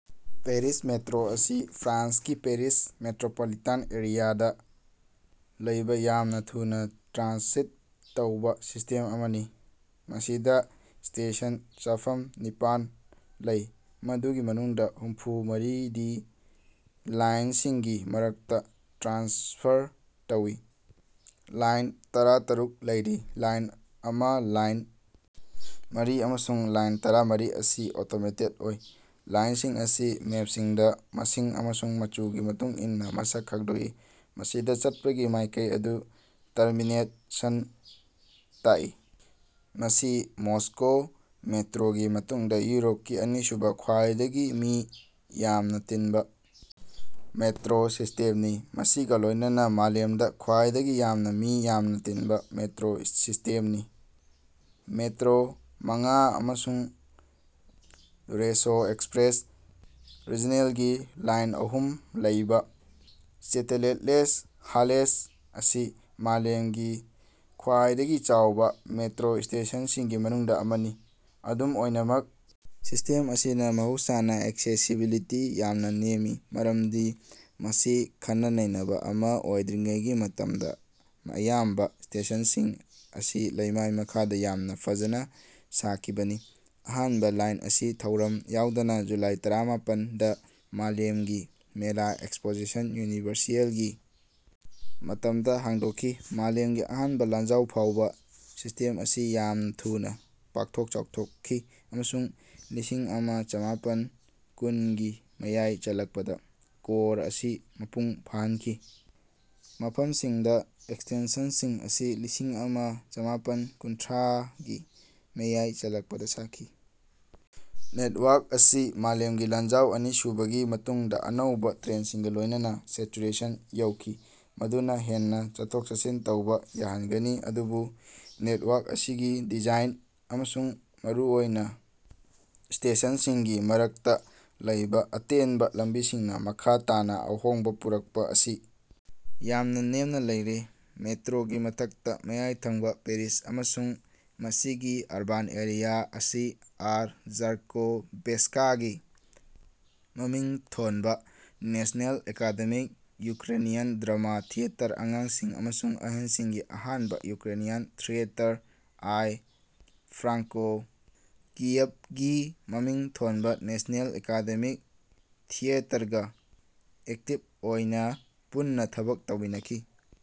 Paris metro ꯑꯁꯤ ꯐ꯭ꯔꯥꯟꯁꯀꯤ Paris metropolitan ꯑꯦꯔꯤꯌꯥꯗ ꯂꯩꯕ ꯌꯥꯝꯅ ꯊꯨꯅꯥ ꯇ꯭ꯔꯥꯟꯁꯤꯠ ꯇꯧꯕꯥ ꯁꯤꯁ꯭ꯇꯦꯝ ꯑꯃꯅꯤ꯫ ꯃꯁꯤꯗ ꯁ꯭ꯇꯦꯁꯟ ꯆꯥꯐꯝ ꯅꯤꯄꯥꯟ ꯂꯩ ꯃꯗꯨꯒꯤ ꯃꯅꯨꯡꯗ ꯍꯨꯝꯐꯨ ꯃꯔꯤꯗꯤ ꯂꯥꯏꯟꯁꯤꯡꯒꯤ ꯃꯔꯛꯇꯥ ꯇ꯭ꯔꯥꯟꯁꯐꯔ ꯇꯧꯏ꯫ ꯂꯥꯏꯟ ꯇꯔꯥꯇꯔꯨꯛ ꯂꯩꯔꯤ꯫ ꯂꯥꯏꯟ ꯑꯃ ꯂꯥꯏꯟ ꯃꯔꯤ ꯑꯃꯁꯨꯡ ꯂꯥꯏꯟ ꯇꯔꯥꯃꯔꯤ ꯑꯁꯤ ꯑꯣꯇꯣꯃꯦꯇꯦꯗ ꯑꯣꯏ꯫ ꯂꯥꯏꯟꯁꯤꯡ ꯑꯁꯤ ꯃꯦꯞꯁꯤꯡꯗ ꯃꯁꯤꯡ ꯑꯃꯁꯨꯡ ꯃꯆꯨꯒꯤ ꯃꯇꯨꯡ ꯏꯟꯅ ꯃꯁꯛ ꯈꯪꯗꯣꯛꯏ ꯃꯁꯤꯗ ꯆꯠꯄꯒꯤ ꯃꯥꯏꯀꯩ ꯑꯗꯨ ꯇꯔꯃꯤꯅꯦꯠꯁꯟ ꯇꯥꯛꯏ꯫ ꯃꯁꯤ ꯃꯣꯁꯀꯣ ꯃꯦꯇ꯭ꯔꯣꯒꯤ ꯃꯇꯨꯡꯗ ꯌꯨꯔꯣꯞꯀꯤ ꯑꯅꯤꯁꯨꯕ ꯈ꯭ꯋꯥꯏꯗꯒꯤ ꯃꯤ ꯌꯥꯝꯅ ꯇꯤꯟꯕ ꯃꯦꯇ꯭ꯔꯣ ꯁꯤꯁ꯭ꯇꯦꯝꯅꯤ ꯃꯁꯤꯒꯥ ꯂꯣꯏꯅꯅ ꯃꯥꯂꯦꯝꯗ ꯈ꯭ꯋꯥꯏꯗꯒꯤ ꯌꯥꯝꯅ ꯃꯤ ꯌꯥꯝꯅ ꯇꯤꯟꯕ ꯃꯦꯇ꯭ꯔꯣ ꯁꯤꯁ꯭ꯇꯦꯝꯅꯤ꯫ ꯃꯦꯇ꯭ꯔꯣ ꯃꯉꯥ ꯑꯃꯁꯨꯡ ꯔꯦꯁꯣ ꯑꯦꯛꯁꯄ꯭ꯔꯦꯁ ꯔꯤꯖꯟꯅꯦꯜꯒꯤ ꯂꯥꯏꯟ ꯑꯍꯨꯝ ꯂꯩꯕꯥ ꯆꯦꯇꯦꯂꯦꯠꯂꯦꯁ ꯍꯥꯂꯦꯁ ꯑꯁꯤ ꯃꯥꯂꯦꯝꯒꯤ ꯈ꯭ꯋꯥꯏꯗꯒꯤ ꯆꯥꯎꯕ ꯃꯦꯇ꯭ꯔꯣ ꯁ꯭ꯇꯦꯁꯟꯁꯤꯡꯒꯤ ꯃꯅꯨꯡꯗ ꯑꯃꯅꯤ꯫ ꯑꯗꯨꯝ ꯑꯣꯏꯅꯃꯛ ꯁꯤꯁ꯭ꯇꯦꯝ ꯑꯁꯤꯅ ꯃꯍꯧꯁꯥꯅ ꯑꯦꯛꯁꯦꯁꯤꯕꯤꯂꯤꯇꯤ ꯌꯥꯝꯅ ꯅꯦꯝꯃꯤ ꯃꯔꯝꯗꯤ ꯃꯁꯤ ꯈꯟꯅ ꯅꯩꯅꯕ ꯑꯃꯥ ꯑꯣꯏꯗ꯭ꯔꯤꯉꯩꯒꯤ ꯃꯇꯝꯗ ꯑꯌꯥꯝꯕ ꯁ꯭ꯇꯦꯁꯟꯁꯤꯡ ꯑꯁꯤ ꯂꯩꯃꯥꯏ ꯃꯈꯥꯗ ꯌꯥꯝꯅ ꯐꯖꯅ ꯁꯥꯈꯤꯕꯅꯤ꯫ ꯑꯍꯥꯟꯕ ꯂꯥꯏꯟ ꯑꯁꯤ ꯊꯧꯔꯝ ꯌꯥꯎꯗꯅ ꯖꯨꯂꯥꯏ ꯇꯔꯥꯃꯥꯄꯟ ꯗ ꯃꯥꯂꯦꯝꯒꯤ ꯃꯦꯂꯥ ꯑꯦꯛꯁꯄꯣꯖꯤꯁꯟ ꯌꯨꯅꯤꯚꯔꯁꯦꯜꯒꯤ ꯃꯇꯝꯗ ꯍꯥꯡꯗꯣꯛꯈꯤ꯫ ꯃꯥꯂꯦꯝꯒꯤ ꯑꯍꯥꯟꯕ ꯂꯥꯟꯖꯥꯎ ꯐꯥꯎꯕ ꯁꯤꯁ꯭ꯇꯦꯝ ꯑꯁꯤ ꯌꯥꯝꯅ ꯊꯨꯅꯥ ꯄꯥꯛꯊꯣꯛ ꯆꯥꯎꯊꯣꯛꯈꯤ ꯑꯃꯁꯨꯡ ꯂꯤꯁꯤꯡ ꯑꯃ ꯆꯃꯥꯄꯟ ꯀꯨꯟꯒꯤ ꯃꯌꯥꯏ ꯆꯜꯂꯛꯄꯗ ꯀꯣꯔ ꯑꯁꯤ ꯃꯄꯨꯡ ꯐꯥꯍꯟꯈꯤ ꯃꯐꯝꯁꯤꯡꯗ ꯑꯦꯛꯁꯇꯦꯟꯁꯟꯁꯤꯡ ꯑꯁꯤ ꯂꯤꯁꯤꯡ ꯑꯃ ꯆꯃꯥꯄꯟ ꯀꯨꯟꯊ꯭ꯔꯥꯒꯤ ꯃꯌꯥꯏ ꯆꯜꯂꯛꯄꯗ ꯁꯥꯈꯤ꯫ ꯅꯦꯠꯋꯥꯔꯛ ꯑꯁꯤ ꯃꯥꯂꯦꯝꯒꯤ ꯂꯥꯟꯖꯥꯎ ꯑꯅꯤꯁꯨꯕꯒꯤ ꯃꯇꯨꯡꯗ ꯑꯅꯧꯕ ꯇ꯭ꯔꯦꯟꯁꯤꯡꯒꯥ ꯂꯣꯏꯅꯅ ꯁꯦꯆꯨꯔꯦꯁꯟ ꯌꯧꯈꯤ ꯃꯗꯨꯅ ꯍꯦꯟꯅ ꯆꯠꯊꯣꯛ ꯆꯠꯁꯤꯟ ꯇꯧꯕꯥ ꯌꯥꯍꯟꯒꯅꯤ ꯑꯗꯨꯕꯨ ꯅꯦꯠꯋꯥꯔꯛ ꯑꯁꯤꯒꯤ ꯗꯤꯖꯥꯏꯟ ꯑꯃꯁꯨꯡ ꯃꯔꯨꯑꯣꯏꯅ ꯁ꯭ꯇꯦꯁꯟꯁꯤꯡꯒꯤ ꯃꯔꯛꯇꯥ ꯂꯩꯕꯥ ꯑꯇꯦꯟꯕ ꯂꯝꯕꯤꯁꯤꯡꯅ ꯃꯈꯥ ꯇꯥꯅ ꯑꯍꯣꯡꯕ ꯄꯨꯔꯛꯄꯥ ꯑꯁꯤ ꯌꯥꯝꯅ ꯅꯦꯝꯅ ꯂꯩꯔꯦ꯫ ꯃꯦꯇ꯭ꯔꯣꯒꯤ ꯃꯊꯛꯇꯥ ꯃꯌꯥꯏꯊꯪꯕ ꯄꯦꯔꯤꯁ ꯑꯃꯁꯨꯡ ꯃꯁꯤꯒꯤ ꯑꯔꯕꯥꯟ ꯑꯦꯔꯤꯌꯥ ꯑꯁꯤ ꯑꯥꯔ ꯖꯥꯅꯀꯣꯚꯦꯠꯁ꯭ꯀꯥꯒꯤ ꯃꯃꯤꯡ ꯊꯣꯟꯕꯥ national academic Ukrainian drama theatre ꯑꯉꯥꯡꯁꯤꯡ ꯑꯃꯁꯨꯡ ꯅꯍꯥꯁꯤꯡꯒꯤ ꯑꯍꯥꯟꯕꯥ ꯌꯨꯀ꯭ꯔꯦꯅꯤꯌꯥꯟ ꯊꯤꯌꯦꯇꯔ ꯑꯥꯏ ꯐ꯭ꯔꯥꯡꯀꯣ ꯀꯤꯌꯕꯒꯤ ꯃꯃꯤꯡ ꯊꯣꯟꯕꯥ ꯅꯦꯁ꯭ꯅꯦꯜ ꯑꯦꯀꯥꯗꯦꯃꯤꯛ ꯊꯤꯌꯦꯇꯔꯒꯥ ꯑꯦꯛꯇꯤꯕ ꯑꯣꯏꯅꯥ ꯄꯨꯟꯅꯥ ꯊꯕꯛ ꯇꯧꯃꯤꯟꯅꯈꯤ꯫